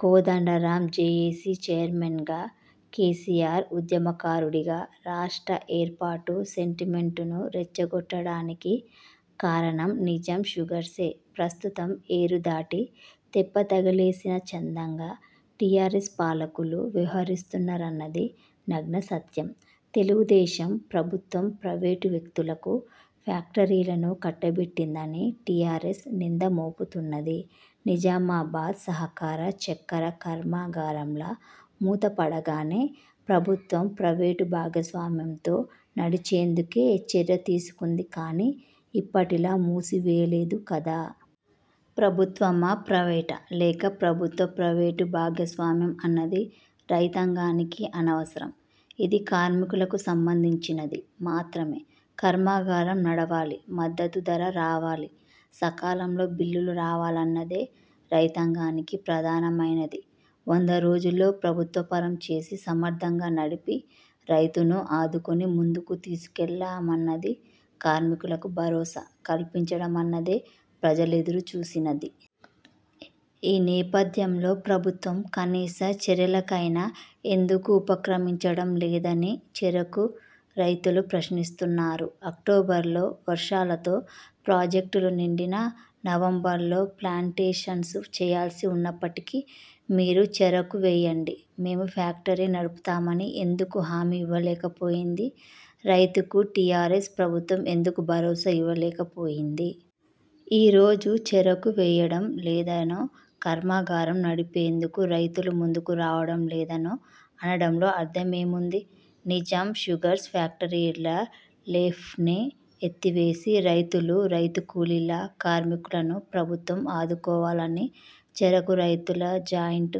Kodandaram JAC చైర్మన్గా, KCR ఉద్యమకారుడిగా రాష్ట్ర ఏర్పాటు సెంటిమెంట్ను రెచ్చగొట్టడానికి కారణం నిజాం షుగర్సే. ప్రస్తుతం ఏరుదాటి తెప్పతగలేసిన చందంగా టీఆర్ఎస్ పాలకులు వ్యవహరిస్తున్నరన్నది నగ్న సత్యం. తెలుగుదేశం ప్రభుత్వం ప్రైవేటు వ్యక్తులకు ఫ్యాక్టరీలను కట్టబెట్టిందని టీఆర్ఎస్ నింద మోపుతున్నది. నిజామాబాద్ సహకార చక్కెర కర్మాగారంలా మూత పడగానే ప్రభుత్వం ప్రైవేటు భాగస్వామ్యంతో నడిచేందుకే చర్య తీసుకుంది కానీ, ఇప్పటిలా మూసివేయలేదు కదా? ప్రభుత్వమా? ప్రైవేటా? లేక ప్రభుత్వ, ప్రైవేటు భాగస్వామ్యం అన్నది రైతాంగానికి అనవసరం. ఇది కార్మికులకు సంబంధించినది మాత్రమే. కర్మాగారం నడవాలి మద్దతు ధర రావాలి. సకాలంలో బిల్లులు రావాలన్నదే రైతాంగానికి ప్రధానమైనది. వంద రోజుల్లో ప్రభుత్వపరం చేసి సమర్థంగా నడిపి రైతును ఆదుకుని ముందుకు తీసుకెళ్లామన్నది కార్మికులకు భరోసా కల్పించడమన్నదే ప్రజలెదురు చూసినది. ఈ నేపథ్యంలో ప్రభుత్వం కనీస చర్యలకైనా ఎందుకు ఉపక్రమించడం లేదని చెరకు రైతులు ప్రశ్నిస్తున్నారు. అక్టోబరులో వర్షాలతో ప్రాజెక్టులు నిండినా నవంబరులో ప్లాంటేషన్స్ చేయాల్సి ఉన్నప్పటికీ మీరు చెరకు వేయండి మేము ఫ్యాక్టరీ నడుపుతామని ఎందుకు హామీ ఇవ్వలేకపోయింది. రైతుకు టీఆర్ఎస్ ప్రభుత్వం ఎందుకు భరోసా ఇవ్వలేక పోయింది? ఈ రోజు చెరకు వేయడం లేదనో, కర్మాగారం నడిపేందుకు రైతులు ముందుకు రావడం లేదనో అనడంలో అర్థమేముంది? నిజాం షుగర్స్ ఫ్యాక్టరీల లేఆఫ్ను ఎత్తివేసి రైతులు, రైతు కూలీల, కార్మికులను ప్రభుత్వం ఆదుకోవాలని చెరకు రైతుల జాయింట్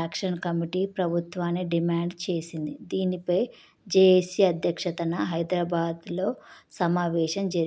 యాక్షన్ కమిటీ ప్రభుత్వాన్ని డిమాండ్ చేసింది. దీనిపై జేఏసీ అధ్యక్షతన హైదరాబాద్లో సమావేశం జరిగింది.